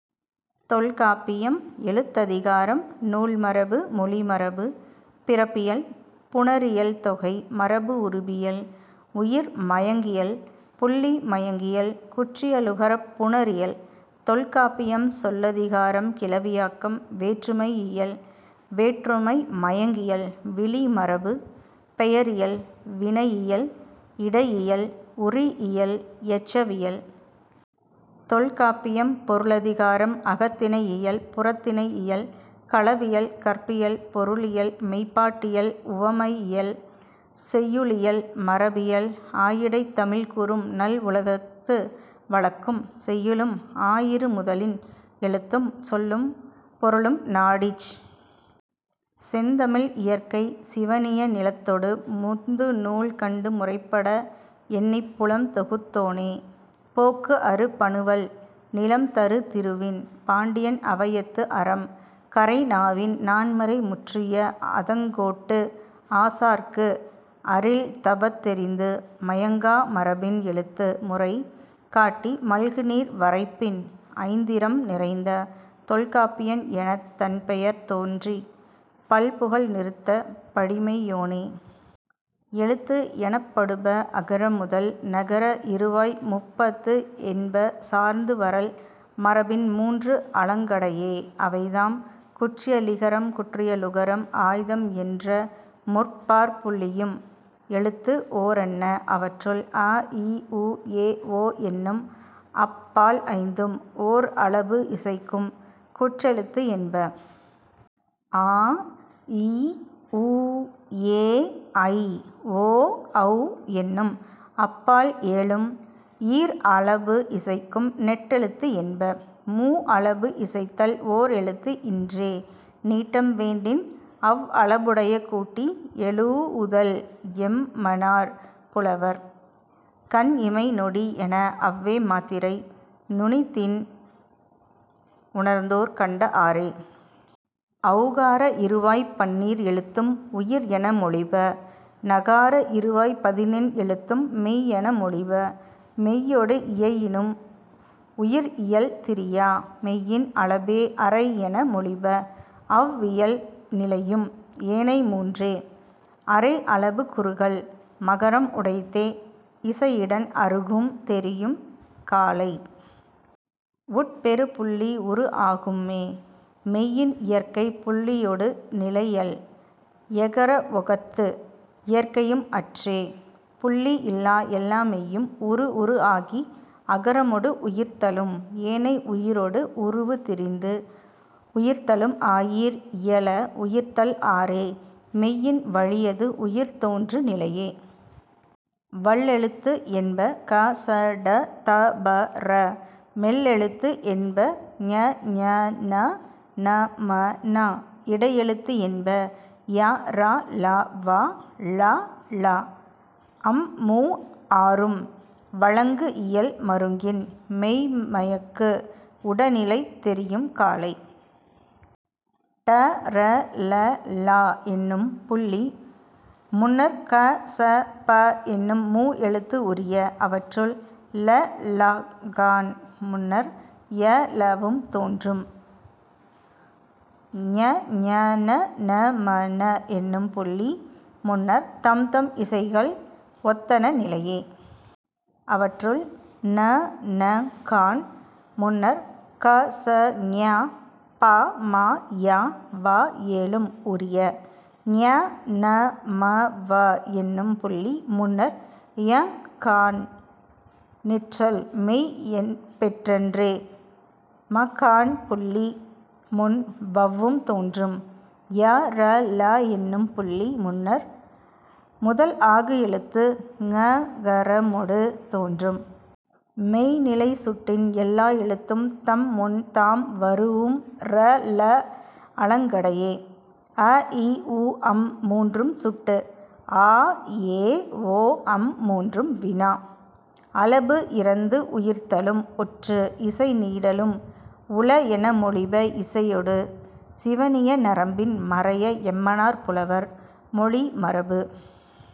தொல்காப்பியம். எழுத்ததிகாரம் -- நூல் மரபு -- மொழி மரபு -- பிறப்பியல் -- புணரியல் தொகை மரபு உருபியல் --உயிர் மயங்கியல் -- புள்ளி மயங்கியல் குற்றியலுகரப் புணரியல். தொல்காப்பியம் சொல்லதிகாரம் -- கிளவியாக்கம் -- வேற்றுமையியல் -- வேற்றுமை மயங்கியல் -- விளி மரபு -- பெயரியல் -- வினையியல் -- இடையியல் -- உரியியல் -- எச்சவியல். தொல்காப்பியம் பொருளதிகாரம் -- அகத்திணையியல் -- புறத்திணையியல் -- களவியல் -- கற்பியல் -- பொருளியல் -- மெய்ப்பாட்டியல் -- உவமயியல் -- செய்யுளியல் -- மரபியல் ஆயிடைத் தமிழ் கூறும் நல் உலகத்து வழக்கும் செய்யுளும் ஆயிரு முதலின் எழுத்தும் சொல்லும் பொருளும் நாடிச் செந்தமிழ் இயற்கை சிவணிய நிலத்தொடு முந்து நூல் கண்டு முறைப்பட எண்ணிப் புலம் தொகுத்தோனே போக்கு அறு பனுவல் நிலம் தரு திருவின் பாண்டியன் அவையத்து அறம் கரை நாவின் நான்மறை முற்றிய அதங்கோட்டு ஆசாற்கு அரில் தபத் தெரிந்து மயங்கா மரபின் எழுத்து முறை காட்டி மல்கு நீர் வரைப்பின் ஐந்திரம் நிறைந்த தொல்காப்பியன் எனத் தன் பெயர் தோற்றிப் பல் புகழ் நிறுத்த படிமையோனே. எழுத்து எனப்படுப அகரம் முதல் னகர இறுவாய் முப்பஃது என்ப சார்ந்து வரல் மரபின் மூன்று அலங்கடையே. அவைதாம், குற்றியலிகரம் குற்றியலுகரம் ஆய்தம் என்ற முப்பாற்புள்ளியும் எழுத்து ஓரன்ன. அவற்றுள், அ இ உ எ ஒ என்னும் அப் பால் ஐந்தும் ஓர் அளபு இசைக்கும் குற்றெழுத்து என்ப. ஆ ஈ ஊ ஏ ஐ ஓ ஔ என்னும் அப் பால் ஏழும் ஈர் அளபு இசைக்கும் நெட்டெழுத்து என்ப. மூ அளபு இசைத்தல் ஓர் எழுத்து இன்றே. நீட்டம் வேண்டின் அவ் அளபுடைய கூட்டி எழூஉதல் என்மனார் புலவர். கண் இமை நொடி என அவ்வே மாத்திரை நுண்ணிதின் உணர்ந்தோர் கண்ட ஆறே. ஔகார இறுவாய்ப் பன்னீர் எழுத்தும் உயிர் என மொழிப. னகார இறுவாய்ப் பதினெண் எழுத்தும் மெய் என மொழிப. மெய்யொடு இயையினும் உயிர் இயல் திரியா. மெய்யின் அளபே அரை என மொழிப. அவ் இயல் நிலையும் ஏனை மூன்றே. அரை அளபு குறுகல் மகரம் உடைத்தே இசையிடன் அருகும் தெரியும் காலை. உட் பெறு புள்ளி உரு ஆகும்மே. மெய்யின் இயற்கை புள்ளியொடு நிலையல். எகர ஒகரத்து இயற்கையும் அற்றே. புள்ளி இல்லா எல்லா மெய்யும் உரு உரு ஆகி அகரமொடு உயிர்த்தலும் ஏனை உயிரொடு உருவு திரிந்து உயிர்த்தலும் ஆயீர் இயல உயிர்த்தல் ஆறே. மெய்யின் வழியது உயிர் தோன்று நிலையே. வல்லெழுத்து என்ப க ச ட த ப ற. மெல்லெழுத்து என்ப ங ஞ ண ந ம ன. இடையெழுத்து என்ப ய ர ல வ ழ ள. அம் மூ ஆறும் வழங்கு இயல் மருங்கின் மெய்ம்மயக்கு உடனிலை தெரியும் காலை. ட ற ல ள என்னும் புள்ளி முன்னர் க ச ப என்னும் மூ எழுத்து உரிய. அவற்றுள், ல ளஃகான் முன்னர் ய வவும் தோன்றும். ங ஞ ண ந ம ன எனும் புள்ளி முன்னர் தம்தம் இசைகள் ஒத்தன நிலையே. அவற்றுள், ண னஃகான் முன்னர் க ச ஞ ப ம ய வ ஏழும் உரிய. ஞ ந ம வ என்னும் புள்ளி முன்னர் யஃகான் நிற்றல் மெய் பெற்றன்றே. மஃகான் புள்ளி முன் வவ்வும் தோன்றும். ய ர ழ என்னும் புள்ளி முன்னர் முதல் ஆகு எழுத்து ஙகரமொடு தோன்றும். மெய்ந் நிலை சுட்டின் எல்லா எழுத்தும் தம் முன் தாம் வரூஉம் ர ழ அலங்கடையே. அ இ உ அம் மூன்றும் சுட்டு. ஆ ஏ ஓ அம் மூன்றும் வினா. அளபு இறந்து உயிர்த்தலும் ஒற்று இசை நீடலும் உள என மொழிப இசையொடு சிவணிய நரம்பின் மறைய என்மனார் புலவர்.. மொழி மரபு।